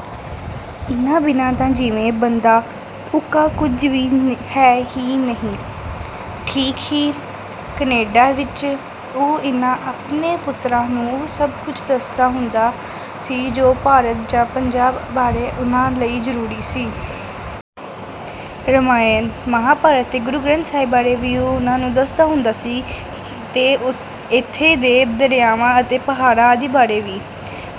ਇਹਨਾਂ ਬਿਨਾਂ ਤਾਂ ਜਿਵੇਂ ਬੰਦਾ ਉਕਾ ਕੁਝ ਵੀ ਹੈ ਹੀ ਨਹੀਂ। ਠੀਕ ਹੀ, ਕੈਨੇਡਾ ਵਿਚ, ਉਹ ਇਹਨਾਂ ਆਪਣੇ ਪੁੱਤਰਾਂ ਨੂੰ ਉਹ ਸਭ ਕੁੱਝ ਦੱਸਦਾ ਹੁੰਦਾ ਸੀ ਜੋ ਭਾਰਤ ਜਾਂ ਪੰਜਾਬ ਬਾਰੇ ਉਹਨਾਂ ਲਈ ਜ਼ਰੂਰੀ ਸੀ। ਰਾਮਾਇਣ, ਮਹਾਂਭਾਰਤ ਤੇ ਗੁਰੂ ਗਰੰਥ ਸਾਹਿਬ ਬਾਰੇ ਵੀ ਉਹ ਉਹਨਾਂ ਨੂੰ ਦੱਸਦਾ ਹੁੰਦਾ ਸੀ ਤੇ ਏਥੋਂ ਦੇ ਦਰਿਆਵਾਂ ਅਤੇ ਪਹਾੜਾਂ ਆਦਿ ਬਾਰੇ ਵੀ।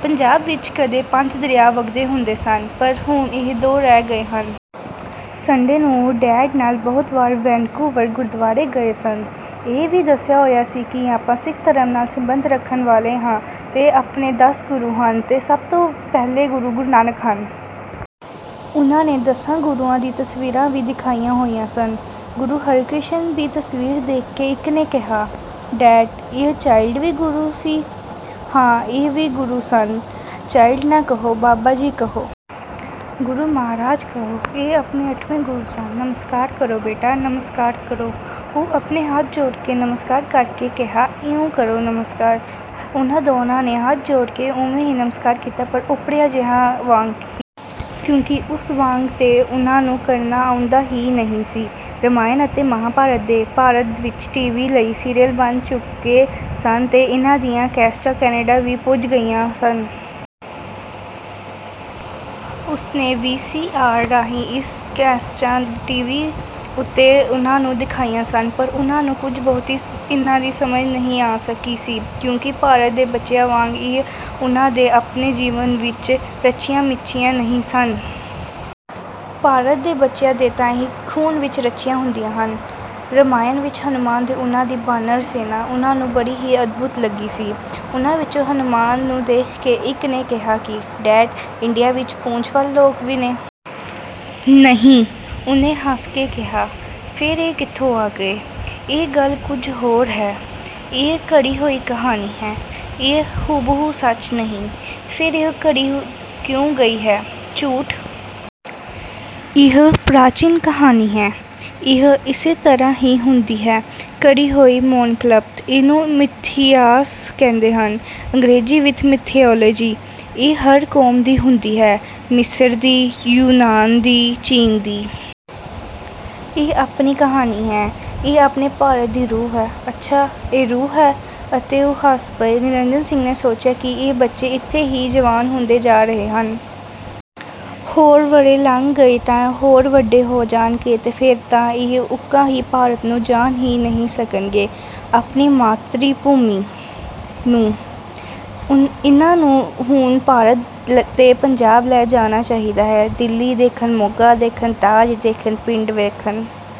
ਪੰਜਾਬ ਵਿਚ ਕਦੇ ਪੰਜ ਦਰਿਆ ਵੱਗਦੇ ਹੁੰਦੇ ਸਨ ਪਰ ਹੁਣ ਇਹ ਦੋ ਰਹਿ ਗਏ ਹਨ। ਸੰਡੇ ਨੂੰ ਉਹ ਡੈਡ ਨਾਲ ਬਹੁਤ ਵਾਰ ਵੈਨਕੂਵਰ ਗੁਰਦਵਾਰੇ ਗਏ ਸਨ। ਇਹ ਵੀ ਦੱਸਿਆ ਹੋਇਆ ਸੀ ਕਿ ਆਪਾਂ ਸਿੱਖ ਧਰਮ ਨਾਲ ਸੰਬੰਧ ਰੱਖਣ ਵਾਲੇ ਹਾਂ ਤੇ ਆਪਣੇ ਦਸ ਗੁਰੂ ਹਨ ਤੇ ਸਭ ਤੋਂ ਪਹਿਲੇ ਗੁਰੂ ਨਾਨਕ ਹਨ। ਉਹਨਾਂ ਨੇ ਦਸਾਂ ਗੁਰੂਆਂ ਦੀਆਂ ਤਸਵੀਰਾਂ ਵੀ ਦੇਖੀਆਂ ਹੋਈਆਂ ਸਨ। ਗੁਰੂ ਹਰਿਕ੍ਰਿਸ਼ਨ ਦੀ ਤਸਵੀਰ ਦੇਖ ਕੇ ਇੱਕ ਨੇ ਕਿਹਾ: "ਡੈਡ, ਇਹ ਚਾਈਲਡ ਵੀ ਗੁਰੂ ਸੀ? " "ਹਾਂ, ਇਹ ਵੀ ਗੁਰੂ ਸਨ। ਚਾਈਲਡ ਨਾ ਕਹੋ, ਬਾਬਾ ਜੀ ਕਹੋ। ਗੁਰੂ ਮਹਾਰਾਜ ਕਹੋ। ਇਹ ਆਪਣੇ ਅੱਠਵੇਂ ਗੁਰੂ ਸਨ। ਨਮਸਕਾਰ ਕਰੋ ਬੇਟਾ, ਨਮਸਕਾਰ ਕਰੋ। " ਉਹਨੇ ਆਪਣੇ ਹੱਥ ਜੋੜ ਕੇ ਨਮਸਕਾਰ ਕਰ ਕੇ ਕਿਹਾ, "ਇਉਂ ਕਰੋ ਨਮਸਕਾਰ। " ਉਹਨਾਂ ਦੋਹਾਂ ਨੇ ਹੱਥ ਜੋੜ ਕੇ ਉਵੇਂ ਹੀ ਨਮਸਕਾਰ ਕੀਤਾ ਪਰ ਓਪਰਿਆਂ ਜਿਹਾਂ ਵਾਂਗ ਹੀ। ਕਿਉਂਕਿ ਉਸ ਵਾਂਗ ਤਾਂ ਉਹਨਾਂ ਨੂੰ ਕਰਨਾ ਆਉਂਦਾ ਹੀ ਨਹੀਂ ਸੀ। ਰਾਮਾਇਣ ਅਤੇ ਮਹਾਂਭਾਰਤ ਦੇ ਭਾਰਤ ਵਿਚ ਟੀ. ਵੀ. ਲਈ ਸੀਰੀਅਲ ਬਣ ਚੁੱਕੇ ਸਨ ਤੇ ਇਹਨਾਂ ਦੀਆਂ ਕੈਸਟਾਂ ਕੈਨੇਡਾ ਵੀ ਪੁੱਜ ਗਈਆਂ ਸਨ। ਉਹਨੇ ਵੀ. ਸੀ. ਆਰ. ਰਾਹੀਂ ਇਹ ਕੈਸਟਾਂ ਟੀ. ਵੀ. ਉਤੇ ਉਹਨਾਂ ਨੂੰ ਦਿਖਾਈਆਂ ਸਨ ਪਰ ਉਹਨਾਂ ਨੂੰ ਕੁਝ ਬਹੁਤੀ ਇਹਨਾਂ ਦੀ ਸਮਝ ਨਹੀਂ ਆ ਸਕੀ ਸੀ ਕਿਉਂਕਿ ਭਾਰਤ ਦੇ ਬੱਚਿਆਂ ਵਾਂਗ ਇਹ ਉਹਨਾਂ ਦੇ ਆਪਣੇ ਜੀਵਨ ਵਿਚ ਰਚੀਆਂ ਮਿਚੀਆਂ ਨਹੀਂ ਸਨ। ਭਾਰਤ ਦੇ ਬੱਚਿਆਂ ਦੇ ਤਾਂ ਇਹ ਖੂਨ ਵਿਚ ਰਚੀਆਂ ਹੁੰਦੀਆਂ ਹਨ। ਰਾਮਾਇਣ ਵਿਚ ਹਨੂਮਾਨ ਤੇ ਉਹਨਾਂ ਦੀ ਬਾਨਰ ਸੈਨਾ ਉਹਨਾਂ ਨੂੰ ਬੜੀ ਹੀ ਅਦਭੁਤ ਲੱਗੀ ਸੀ। ਉਹਨਾਂ ਵਿਚੋਂ ਹਨੂਮਾਨ ਨੂੰ ਦੇਖ ਕੇ, ਇਕ ਨੇ ਕਿਹਾ ਸੀ: "ਡੈਡ, ਇੰਡੀਆ ਵਿਚ ਪੂਛਾਂ ਵਾਲੇ ਲੋਕ ਵੀ ਨੇ? " "ਨਹੀਂ"। ਉਹਨੇ ਹੱਸ ਕੇ ਕਿਹਾ? " "ਫੇਰ ਇਹ ਕਿਥੋਂ ਆ ਗਏ? " "ਇਹ ਗੱਲ ਕੁਝ ਹੋਰ ਹੈ। ਇਹ ਘੜੀ ਹੋਈ ਕਹਾਣੀ ਹੈ। ਇਹ ਹੁਬਹੂ ਸੱਚ ਨਹੀਂ। " "ਫੇਰ ਇਹ ਘੜੀ ਕਿਉਂ ਗਈ ਹੈ, ਝੂਠ? " "ਇਹ ਪ੍ਰਚੀਨ ਕਹਾਣੀ ਹੈ। ਇਹ ਇਸੇ ਤਰ੍ਹਾਂ ਹੀ ਹੁੰਦੀ ਹੈ। ਘੜੀ ਹੋਈ ਮਨੋਕਲਪਤ। ਇਹਨੂੰ ਮਿਥਿਹਾਸ ਕਹਿੰਦੇ ਹਨ। ਅੰਗਰੇਜ਼ੀ ਵਿਚ ਮਾਈਥਾਲੋਜੀ। ਇਹ ਹਰ ਕੌਮ ਦੀ ਹੁੰਦੀ ਹੈ। ਮਿਸਰ ਦੀ, ਯੂਨਾਨ ਦੀ, ਚੀਨ ਦੀ। ਇਹ ਆਪਣੀ ਹੈ। ਇਹ ਆਪਣੇ ਭਾਰਤ ਦੀ ਰੂਹ ਹੈ। " "ਅੱਛਾ, ਇਹ ਰੂਹ ਹੈ। " ਅਤੇ ਉਹ ਹੱਸ ਪਏ। ਨਿਰੰਜਨ ਸਿੰਘ ਨੇ ਸੋਚਿਆ ਕਿ ਇਹ ਬੱਚੇ ਏਥੇ ਹੀ ਜਵਾਨ ਹੁੰਦੇ ਜਾ ਰਹੇ ਹਨ। ਹੋਰ ਵਰ੍ਹੇ ਲੰਘ ਗਏ ਤਾਂ ਹੋਰ ਵੱਡੇ ਹੋ ਜਾਣਗੇ ਤੇ ਫੇਰ ਤਾਂ ਇਹ ਉਕਾ ਹੀ ਭਾਰਤ ਨੂੰ ਜਾਣ ਹੀ ਨਹੀਂ ਸਕਣਗੇ-ਆਪਣੀ ਮਾਤਰੀ-ਭੂਮੀ ਨੂੰ। ਇਹਨਾਂ ਨੂੰ ਹੁਣ ਭਾਰਤ ਤੇ ਪੰਜਾਬ ਲੈ ਜਾਣਾ ਚਾਹੀਦਾ ਹੈ। ਦਿੱਲੀ ਦੇਖਣ, ਮੋਗਾ ਦੇਖਣ, ਤਾਜ ਦੇਖਣ, ਪਿੰਡ ਦੇਖਣ।